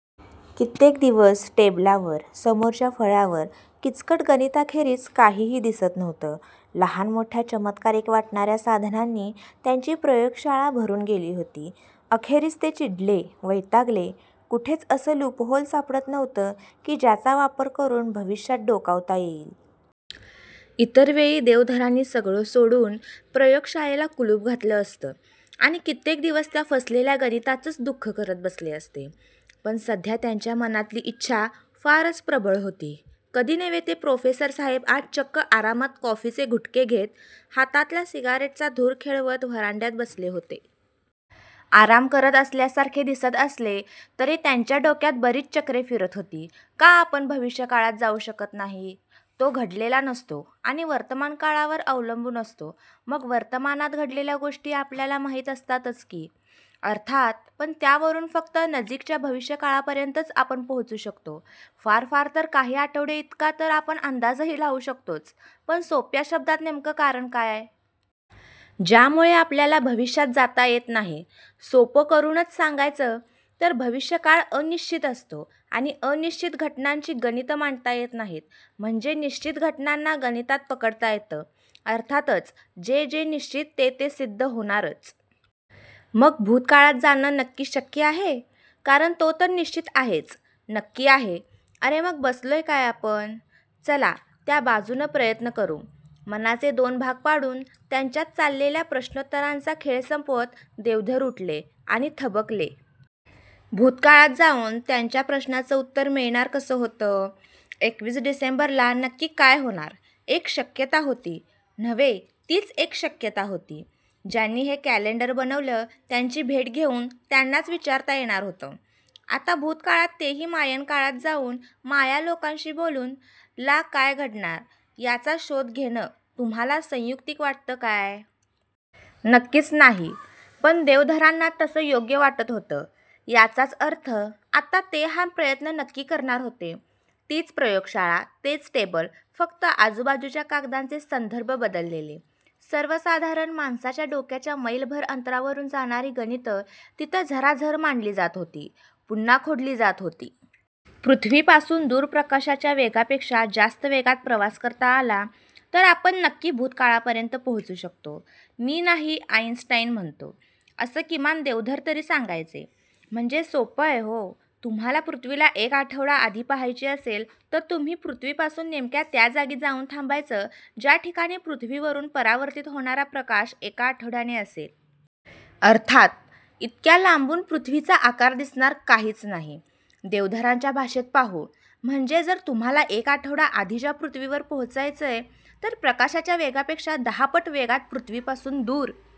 कित्येक दिवस टेबलावर, समोरच्या फळ्यावर किचकट गणितांखेरीज काहीही दिसत नव्हतं. लहान मोठ्या चमत्कारिक वाटणाऱ्या साधनांनी त्यांची प्रयोगशाळा भरून गेली होती. अखेरीस ते चिडले, वैतागले. कुठेच असं लूपहोल सापडत नव्हतं की ज्याचा वापर करून भविष्यात डोकावता येईल. इतरवेळी देवधरांनी सगळं सोडून प्रयोगशाळेला कुलूप घातलं असतं आणि कित्येक दिवस त्या फसलेल्या गणितांचंच दुःख करत बसले असते, पण सध्या त्यांच्या मनातली इच्छा फारच प्रबळ होती. कधी नव्हे ते प्रोफेसरसाहेब आज चक्क आरामात कॉफीचे घुटके घेत, हातातल्या सिगारेटचा धूर खेळवत व्हरांड्यात बसले होते. आराम करत असल्यासारखे दिसत असले तरी त्यांच्या डोक्यात बरीच चक्रे फिरत होती. का आपण भविष्यकाळात जाऊ शकत नाही? तो घडलेला नसतो आणि वर्तमानकाळावर अवलंबून असतो. मग वर्तमानात घडलेल्या गोष्टी आपल्याला माहीत असतातच की, अर्थात, पण त्यावरून फक्त नजीकच्या भविष्यकाळापर्यंतच आपण पोहोचू शकतो फार फार तर काही आठवडेइतका तर आपण अंदाजही लावू शकतोच, पण सोप्या शब्दात नेमकं कारण काय? ज्यामुळे आपल्याला भविष्यात जाता येत नाही. सोपं करूनच सांगायचं तर भविष्यकाळ अनिश्चित असतो, आणि अनिश्चित घटनांची गणितं मांडता येत नाहीत म्हणजे निश्चित घटनांना गणितात पकडता येतं? अर्थातच, जे जे निश्चित ते ते सिद्ध होणारच. मग भूतकाळात जाणं नक्की शक्य आहे, कारण तो तर निश्चित आहेच नक्की आहे अरे मग बसलोय काय आपण? चला त्या बाजूनं प्रयत्न करू. मनाचे दोन भाग पाडून त्यांच्यात चाललेल्या प्रश्नोत्तरांचा खेळ संपवत देवधर उठले आणि थबकले. भूतकाळात जाऊन त्यांच्या प्रश्नाचं उत्तर मिळणार कसं होतं? एकवीस डिसेंबरला नक्की काय होणार? एक शक्यता होती नव्हे तीच एक शक्यता होती. ज्यांनी हे कॅलेंडर बनवलं त्यांची भेट घेऊन त्यांनाच विचारता येणार होतं. आता भूतकाळात, तेही मायन काळात जाऊन माया लोकांशी बोलून ला काय घडणार याचा शोध घेणं तुम्हाला संयुक्तिक वाटतं काय? नक्कीच नाही, पण देवधरांना तसं योग्य वाटत होतं, याचाच अर्थ आता ते हा प्रयत्न नक्की करणार होते. तीच प्रयोगशाळा, तेच टेबल फक्त आजूबाजूच्या कागदांचे संदर्भ बदललेले. सर्वसाधारण माणसाच्या डोक्याच्या मैलभर अंतरावरून जाणारी गणितं तिथं झराझर मांडली जात होती, पुन्हा खोडली जात होती. पृथ्वीपासून दूर प्रकाशाच्या वेगापेक्षा जास्त वेगात प्रवास करता आला तर आपण नक्की भूतकाळापर्यंत पोहोचू शकतो. मी नाही आईन्स्टाईन म्हणतो असं किमान देवधर तरी सांगायचे. म्हणजे सोपंय हो, तुम्हाला पृथ्वीला एक आठवडा आधी पाहायची असेल तर तुम्ही पृथ्वीपासून नेमक्या त्या जागी जाऊन थांबायचं ज्या ठिकाणी पृथ्वीवरून परावर्तित होणारा प्रकाश एका आठवड्याने असेल. अर्थात इतक्या लांबून पृथ्वीचा आकार दिसणार काहीच नाही. देवधरांच्या भाषेत पाहू, म्हणजे जर तुम्हाला एक आठवडा आधीच्या पृथ्वीवर पोहोचायचंय तर प्रकाशाच्या वेगापेक्षा दहापट वेगात पृथ्वीपासून दूर